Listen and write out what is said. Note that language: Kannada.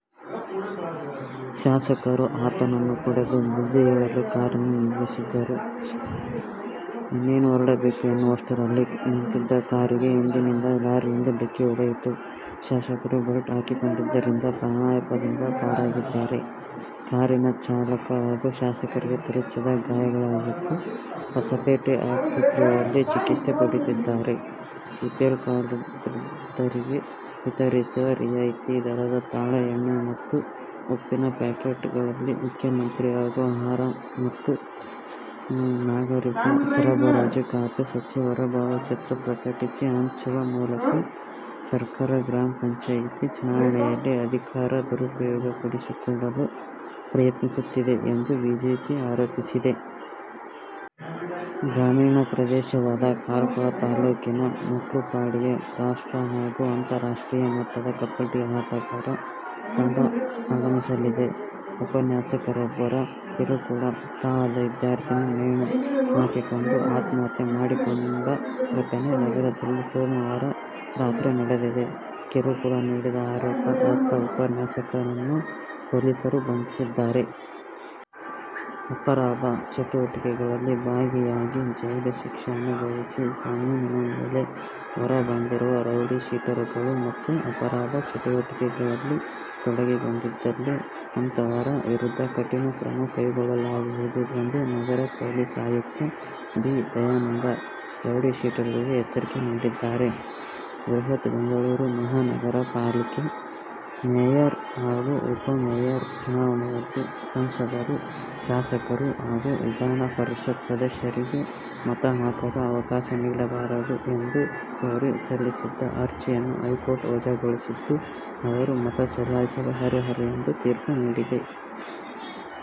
ಶಾಸಕರು ಆತನನ್ನು ತಡೆದು ಬುದ್ಧಿ ಹೇಳಲು ಕಾರನ್ನು ನಿಲ್ಲಿಸಿದ್ದರು. ಇನ್ನೇನು ಹೊರಡಬೇಕು ಎನ್ನುವಷ್ಟರಲ್ಲಿ ನಿಂತಿದ್ದ ಕಾರಿಗೆ ಹಿಂದಿನಿಂದ ಲಾರಿಯೊಂದು ಡಿಕ್ಕಿ ಹೊಡೆಯಿತು. ಶಾಸಕರು ಬೆಲ್ಟ್ ಹಾಕಿಕೊಂಡಿದ್ದರಿಂದ ಪ್ರಾಣಾಪಾಯದಿಂದ ಪಾರಾಗಿದ್ದಾರೆ. ಕಾರಿನ ಚಾಲಕ ಹಾಗೂ ಶಾಸಕರಿಗೆ ತರಚಿದ ಗಾಯಗಳಾಗಿದ್ದು, ಹೊಸಪೇಟೆ ಆಸ್ಪತ್ರೆಯಲ್ಲಿ ಚಿಕಿತ್ಸೆ ಪಡೆದಿದ್ದಾರೆ. ಬಿಪಿಎಲ್ ಕಾರ್ಡ್ದಾರರಿಗೆ ವಿತರಿಸುವ ರಿಯಾಯಿತಿ ದರದ ತಾಳೆ ಎಣ್ಣೆ ಮತ್ತು ಉಪ್ಪಿನ ಪ್ಯಾಕೆಟ್ಗಳಲ್ಲಿ ಮುಖ್ಯಮಂತ್ರಿ ಹಾಗೂ ಆಹಾರ ಮತ್ತು ನಾಗರಿಕ ಸರಬರಾಜು ಖಾತೆ ಸಚಿವರ ಭಾವಚಿತ್ರ ಪ್ರಕಟಿಸಿ ಹಂಚುವ ಮೂಲಕ ಸರ್ಕಾರ ಗ್ರಾಮ ಪಂಚಾಯ್ತಿ ಚುನಾವಣೆಯಲ್ಲಿ ಅಧಿಕಾರ ದುರುಪಯೋಗಪಡಿಸಿಕೊಳ್ಳಲು ಪ್ರಯತ್ನಿಸುತ್ತಿದೆ ಎಂದು ಬಿಜೆಪಿ ಆರೋಪಿಸಿದೆ. ಗ್ರಾಮೀಣ ಪ್ರದೇಶವಾದ ಕಾರ್ಕಳ ತಾಲೂಕಿನ ಮುಟ್ಲುಪಾಡಿಗೆ ರಾಷ್ಟ್ರ ಹಾಗೂ ಅಂತಾರಾಷ್ಟ್ರೀಯ ಮಟ್ಟದ ಕಬಡ್ಡಿ ಆಟಗಾರ ತಂಡ ಆಗಮಿಸಲಿದೆ. ಉಪನ್ಯಾಸಕರೊಬ್ಬರ ಕಿರುಕುಳ ತಾಳದೇ ವಿದ್ಯಾರ್ಥಿನಿ ನೇಣು ಹಾಕಿಕೊಂಡು ಆತ್ಮಹತ್ಯೆ ಮಾಡಿಕೊಂಡ ಘಟನೆ ನಗರದಲ್ಲಿ ಸೋಮವಾರ ರಾತ್ರಿ ನಡೆದಿದೆ. ಕಿರುಕುಳ ನೀಡಿದ ಆರೋಪ ಹೊತ್ತ ಉಪನ್ಯಾಸಕನನ್ನು ಪೊಲೀಸರು ಬಂಧಿಸಿದ್ದಾರೆ. ಅಪರಾಧ ಚಟುವಟಿಕೆಗಳಲ್ಲಿ ಭಾಗಿಯಾಗಿ ಜೈಲು ಶಿಕ್ಷೆ ಅನುಭವಿಸಿ ಜಾಮೀನಿನ ಮೇಲೆ ಹೊರಬಂದಿರುವ ರೌಡಿ ಶೀಟರ್ಗಳು ಮತ್ತೆ ಅಪರಾಧ ಚಟುವಟಿಕೆಗಳಲ್ಲಿ ತೊಡಗಿಕೊಂಡಿದ್ದಲ್ಲಿ ಅಂತವರ ವಿರುದ್ಧ ಕಠಿಣ ಕ್ರಮ ಕೈಗೊಳ್ಳಲಾಗುವುದು ಎಂದು ನಗರ ಪೊಲೀಸ್ ಆಯುಕ್ತ ಬಿ. ದಯಾನಂದ್ ರೌಡಿ ಶೀಟರ್ಗಳಿಗೆ ಎಚ್ಚರಿಕೆ ನೀಡಿದ್ದಾರೆ. ಬೃಹತ್ ಬೆಂಗಳೂರು ಮಹಾನಗರ ಪಾಲಿಕೆ ಮೇಯರ್ ಹಾಗೂ ಉಪಮೇಯರ್ ಚುನಾವಣೆಯಲ್ಲಿ ಸಂಸದರು, ಶಾಸಕರು ಹಾಗೂ ವಿಧಾನ ಪರಿಷತ್ ಸದಸ್ಯರಿಗೆ ಮತ ಹಾಕಲು ಅವಕಾಶ ನೀಡಬಾರದು ಎಂದು ಕೋರಿ ಸಲ್ಲಿಸಿದ್ದ ಅರ್ಜಿಯನ್ನು ಹೈಕೋರ್ಟ್ ವಜಾಗೊಳಿಸಿದ್ದು, ಅವರು ಮತ ಚಲಾಯಿಸಲು ಅರ್ಹರು ಎಂದು ತೀರ್ಪು ನೀಡಿದೆ.